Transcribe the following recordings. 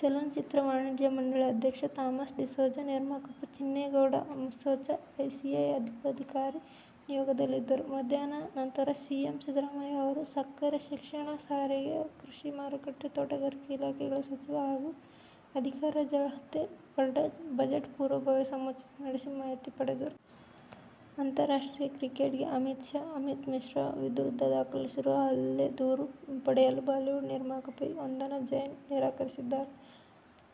ಚಲನಚಿತ್ರ ವಾಣಿಜ್ಯ ಮಂಡಳಿ ಅಧ್ಯಕ್ಷ ಥಾಮಸ್ ಡಿಸೋಜ, ನಿರ್ಮಾಪಕ ಚಿನ್ನೇಗೌಡ, ಅಸೋಚಾಮ್, ಸಿಐಐ ಪದಾಧಿಕಾರಿಗಳು ನಿಯೋಗದಲ್ಲಿದ್ದರು. ಮಧ್ಯಾಹ್ನದ ನಂತರ ಸಿಎಂ ಸಿದ್ದರಾಮಯ್ಯ ಅವರು ಸಕ್ಕರೆ, ಶಿಕ್ಷಣ, ಸಾರಿಗೆ, ಕೃಷಿ ಮಾರುಕಟ್ಟೆ, ತೋಟಗಾರಿಕೆ ಇಲಾಖೆಗಳ ಸಚಿವರು ಹಾಗೂ ಅಧಿಕಾರಿಗಳ ಜತೆ ಬಜೆಟ್ ಪೂರ್ವಭಾವಿ ಸಮಾಲೋಚನೆ ನಡೆಸಿ ಮಾಹಿತಿ ಪಡೆದರು. ಅಂತಾರಾಷ್ಟ್ರೀಯ ಕ್ರಿಕೆಟಿಗ ಅಮಿತ್ ಮಿಶ್ರಾ ವಿರುದ್ಧ ದಾಖಲಿಸಿರುವ ಹಲ್ಲೆ ದೂರು ಹಿಂಪಡೆಯಲು ಬಾಲಿವುಡ್ ನಿರ್ಮಾಪಕಿ ವಂದನಾ ಜೈನ್ ನಿರಾಕರಿಸಿದ್ದಾರೆ.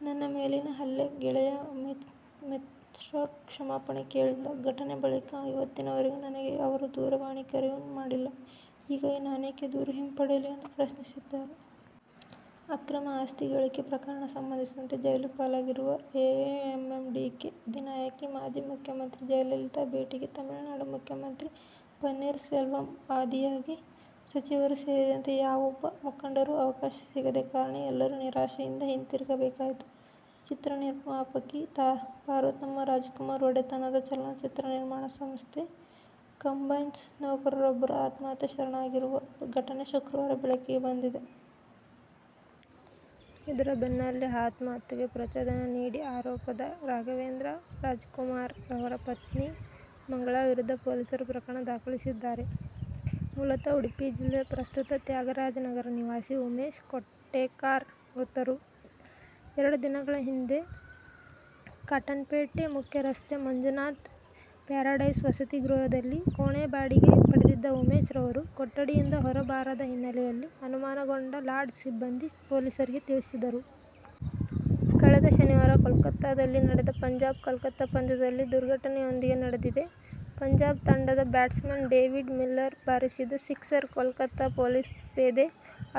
ನನ್ನ ಮೇಲಿನ ಹಲ್ಲೆಗೆ ಗೆಳೆಯ ಅಮಿತ್ ಮಿಶ್ರಾ ಕ್ಷಮಾಪಣೆ ಕೇಳಿಲ್ಲ. ಘಟನೆ ಬಳಿಕ ಇವತ್ತಿನವರೆಗೆ ನನಗೆ ಅವರು ದೂರವಾಣಿ ಕರೆಯನ್ನೂ ಮಾಡಿಲ್ಲ. ಹೀಗಿರುವಾಗ ನಾನೇಕೆ ದೂರು ಹಿಂಪಡಿಯಲಿ ಎಂದು ಪ್ರಶ್ನಿಸಿದ್ದಾರೆ. ಅಕ್ರಮ ಆಸ್ತಿ ಗಳಿಕೆ ಪ್ರಕರಣ ಸಂಬಂಧ ಜೈಲುಪಾಲಾಗಿರುವ ಎಐಎಎಂಡಿಕೆ ಅಧಿನಾಯಕಿ, ಮಾಜಿ ಮುಖ್ಯಮಂತ್ರಿ ಜಯಲಲಿತಾ ಭೇಟಿಗೆ ತಮಿಳುನಾಡು ಮುಖ್ಯಮಂತ್ರಿ ಪನ್ನೀರ್ ಸೆಲ್ವಂ ಆದಿಯಾಗಿ ಸಚಿವರು ಸೇರಿದಂತೆ ಯಾವೊಬ್ಬ ಮುಖಂಡರಿಗೂ ಅವಕಾಶ ಸಿಗದ ಕಾರಣ ಎಲ್ಲರೂ ನಿರಾಶೆಯಿಂದ ಹಿಂತಿರುಗಬೇಕಾಯಿತು. ಚಿತ್ರ ನಿರ್ಮಾಪಕಿ ಪಾರ್ವತಮ್ಮ ರಾಜ್ಕುಮಾರ್ ಒಡೆತನದ ಚಲನಚಿತ್ರ ನಿರ್ಮಾಣ ಸಂಸ್ಥೆ ಕಂಬೈನ್ಸ್ನ ನೌಕರರೊಬ್ಬರು ಆತ್ಮಹತ್ಯೆಗೆ ಶರಣಾಗಿರುವ ಘಟನೆ ಶುಕ್ರವಾರ ಬೆಳಕಿಗೆ ಬಂದಿದೆ. ಇದರ ಬೆನ್ನಲ್ಲೇ ಆತ್ಮಹತ್ಯೆಗೆ ಪ್ರಚೋದನೆ ನೀಡಿದ ಆರೋಪದಡಿ ರಾಘವೇಂದ್ರ ರಾಜ್ಕುಮಾರ್ ಹಾಗೂ ಅವರ ಪತ್ನಿ ಮಂಗಳಾ ವಿರುದ್ಧ ಪೊಲೀಸರು ಪ್ರಕರಣ ದಾಖಲಿಸಿದ್ದಾರೆ. ಮೂಲತಃ ಉಡುಪಿ ಜಿಲ್ಲೆಯ, ಪ್ರಸ್ತುತ ತ್ಯಾಗರಾಜನಗರ ನಿವಾಸಿ ಉಮೇಶ್ ಕೋಟೆಕಾರ್ ಮೃತರು. ಎರಡು ದಿನಗಳ ಹಿಂದೆ ಕಾಟನ್ಪೇಟೆ ಮುಖ್ಯರಸ್ತೆಯ ಮಂಜುನಾಥ್ ಪ್ಯಾರಡೈಸ್ ವಸತಿ ಗೃಹದಲ್ಲಿ ಕೋಣೆ ಬಾಡಿಗೆ ಪಡೆದಿದ್ದ ಉಮೇಶ್ ಅವರು, ಕೊಠಡಿಯಿಂದ ಹೊರಗೆ ಬಾರದ ಹಿನ್ನೆಲೆಯಲ್ಲಿ ಅನುಮಾನಗೊಂಡು ಲಾಡ್ಜ್ ಸಿಬ್ಬಂದಿ ಪೊಲೀಸರಿಗೆ ತಿಳಿಸಿದ್ದರು. ಕಳೆದ ಶನಿವಾರ ಕೋಲ್ಕತಾದಲ್ಲಿ ನಡೆದ ಪಂಜಾಬ್-ಕೋಲ್ಕತಾ ಪಂದ್ಯದಲ್ಲಿ ದುರ್ಘಟನೆಯೊಂದು ನಡೆದಿದೆ. ಪಂಜಾಬ್ ತಂಡದ ಬ್ಯಾಟ್ಸ್ಮನ್ ಡೇವಿಡ್ ಮಿಲ್ಲರ್ ಬಾರಿಸಿದ ಸಿಕ್ಸರ್ ಕೋಲ್ಕತಾದ ಪೊಲೀಸ್ ಪೇದೆ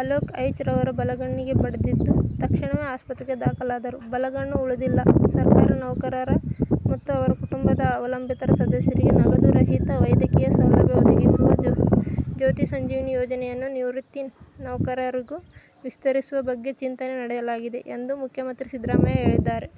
ಅಲೋಕ್ ಐಚ್ ಅವರ ಬಲಗಣ್ಣಿಗೆ ಬಡಿದಿದೆ. ತಕ್ಷಣವೇ ಆಸ್ಪತ್ರೆಗೆ ದಾಖಲಾದರೂ ಬಲಗಣ್ಣು ಉಳಿದಿಲ್ಲ. ಸರ್ಕಾರಿ ನೌಕರರು ಮತ್ತು ಅವರ ಕುಟುಂಬದ ಅವಲಂಬಿತ ಸದಸ್ಯರಿಗೆ ನಗದು ರಹಿತ ವೈದ್ಯಕೀಯ ಸೌಲಭ್ಯ ಒದಗಿಸುವ "ಜ್ಯೋತಿ ಸಂಜೀವಿನಿ ಯೋಜನೆಯನ್ನು ನಿವೃತ್ತ ನೌಕರರಿಗೂ ವಿಸ್ತರಿಸುವ ಬಗ್ಗೆ ಚಿಂತನೆ ನಡೆಸಲಾಗಿದೆ ಎಂದು ಮುಖ್ಯಮಂತ್ರಿ ಸಿದ್ದರಾಮಯ್ಯ ಹೇಳಿದ್ದಾರೆ.